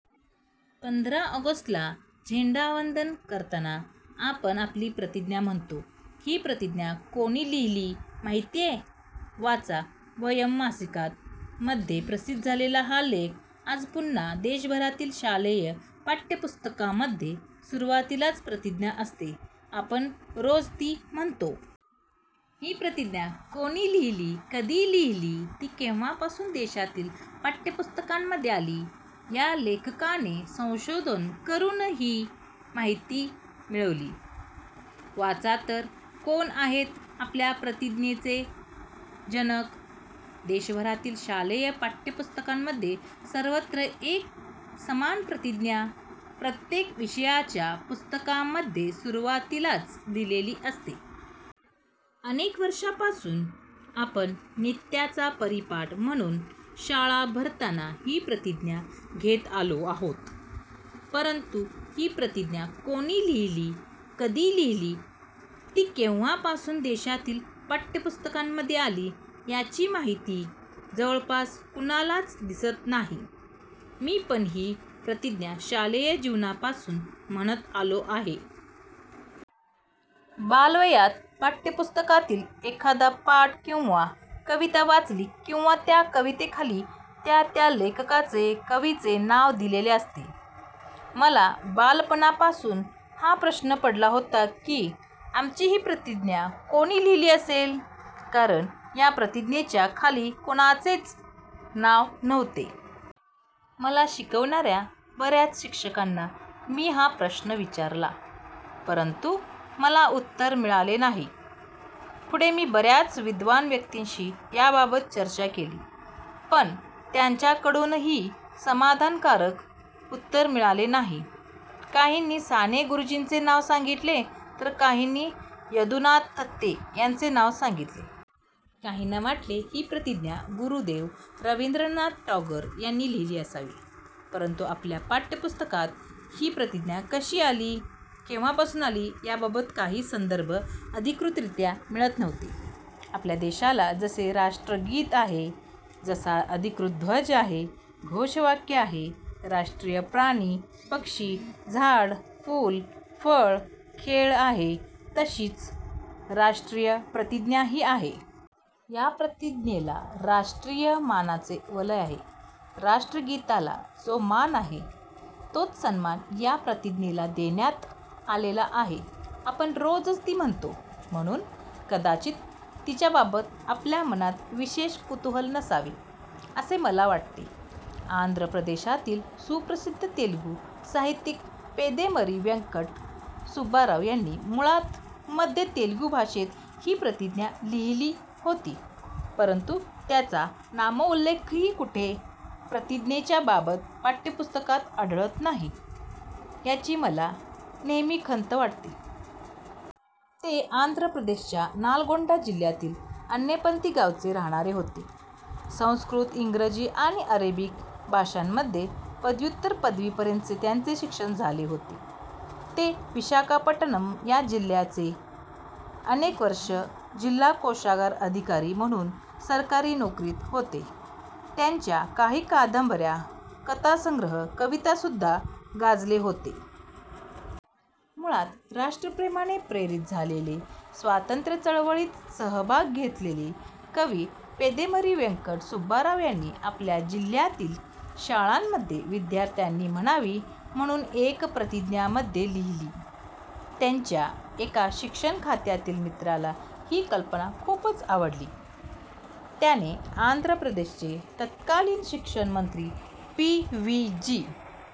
पंधरा ऑगस्टला झेंडावंदन करताना आपण आपली प्रतिज्ञा म्हणतो. ही प्रतिज्ञा कोणी लिहिली, माहितीये? वाचा, वयम् मासिकात मध्ये प्रसिद्ध झालेला हा लेख, आज पुन्हा. देशभरातील शालेय पाठ्यपुस्तकांमध्ये सुरुवातीलाच प्रतिज्ञा असते. आपण रोज ती म्हणतो. ही प्रतिज्ञा कोणी लिहिली? कधी लिहिली? ती केव्हापासून देशातील पाठ्यपुस्तकांमध्ये आली? या लेखकाने संशोधन करून ही माहिती मिळवली. वाचा तर, कोण आहेत आपल्या प्रतिज्ञेचे जनक? देशभरातील शालेय पाठ्यपुस्तकांमध्ये सर्वत्र एक समान प्रतिज्ञा प्रत्येक विषयाच्या पुस्तकामध्ये सुरुवातीलाच दिलेली असते. अनेक वर्षांपासून आपण नित्याचा परिपाठ म्हणून शाळा भरताना ही प्रतिज्ञा घेत आलो आहोत. परंतु ही प्रतिज्ञा कोणी लिहिली? कधी लिहिली? ती केव्हापासून देशातील पाठ्यपुस्तकांमध्ये आली? याची माहिती जवळपास कुणालाच दिसत नाही. मी पण ही प्रतिज्ञा शालेय जीवनापासून म्हणत आलो आहे. बालवयात पाठ्यपुस्तकातील एखादा पाठ किंवा कविता वाचली किंवा त्या कवितेखाली त्या त्या लेखकाचे, कवीचे नाव दिलेले असते. मला बालपणापासून हा प्रश्न पडला होता की, आमची ही प्रतिज्ञा कोणी लिहिली असेल? कारण या प्रतिज्ञेच्या खाली कोणाचेच नाव नव्हते. मला शिकवणाऱ्या बऱ्याच शिक्षकांना मी हा प्रश्न विचारला, परंतु मला उत्तर मिळाले नाही. पुढे मी बऱ्याच विद्वान व्यक्तींशी याबाबत चर्चा केली, पण त्यांच्याकडूनही समाधानकारक उत्तर मिळाले नाही. काहींनी साने गुरुजींचे नाव सांगितले, तर काहींनी यदुनाथ थत्ते यांचे नाव सांगितले. काहींना वाटले, ही प्रतिज्ञा गुरुदेव रवींद्रनाथ टागोर यांनी लिहिली असावी. परंतु आपल्या पाठ्यपुस्तकात ही प्रतिज्ञा कशी आली? केव्हापासून आली? याबाबत काही संदर्भ अधिकृतरीत्या मिळत नव्हते. आपल्या देशाला जसे राष्ट्रगीत आहे, जसा अधिकृत ध्वज आहे, घोषवाक्य आहे, राष्ट्रीय प्राणी, पक्षी, झाड, फूल, फळ, खेळ आहे, तशीच राष्ट्रीय प्रतिज्ञाही आहे. या प्रतिज्ञेला राष्ट्रीय मानाचे वलय आहे. राष्ट्रगीताला जो मान आहे, तोच सन्मान या प्रतिज्ञेला देण्यात आलेला आहे. आपण रोजच ती म्हणतो, म्हणून कदाचित तिच्याबाबत आपल्या मनात विशेष कुतूहल नसावे, असे मला वाटते. आंध्रप्रदेशातील सुप्रसिद्ध तेलगू साहित्यिक पेदेमरी व्यंकट सुब्बाराव यांनी मुळात मध्ये तेलगू भाषेत ही प्रतिज्ञा लिहिली होती, परंतु त्यांचा नामोल्लेखही कुठे प्रतिज्ञेच्याबाबत पाठ्यपुस्तकात आढळत नाही, याची मला नेहमी खंत वाटते. ते आंध्रप्रदेशच्या नालगोंडा जिल्ह्यातील अन्नेपथीं गावचे राहणारे होते. संस्कृत, इंग्रजी आणि अरेबिक भाषांमध्ये पदव्युत्तर पदवीपर्यंतचे त्यांचे शिक्षण झाले होते. ते विशाखापट्टणम् या जिल्ह्याचे अनेक वर्षं जिल्हा कोषागार अधिकारी म्हणून सरकारी नोकरीत होते. त्यांच्या काही कादंबऱ्या, कथासंग्रह, कवितासुद्धा गाजले होते. मुळात राष्ट्रप्रेमाने प्रेरित झालेले, स्वातंत्र्य चळवळीत सहभाग घेतलेले कवी पेदेमरी व्यंकट सुब्बाराव यांनी आपल्या जिल्ह्यातील शाळांमध्ये विद्यार्थ्यांनी म्हणावी म्हणून एक प्रतिज्ञा मध्ये लिहिली. त्यांच्या एका शिक्षण खात्यातील मित्राला ही कल्पना खूपच आवडली. त्याने आंध्रप्रदेशचे तत्कालीन शिक्षणमंत्री पी. व्ही. जी.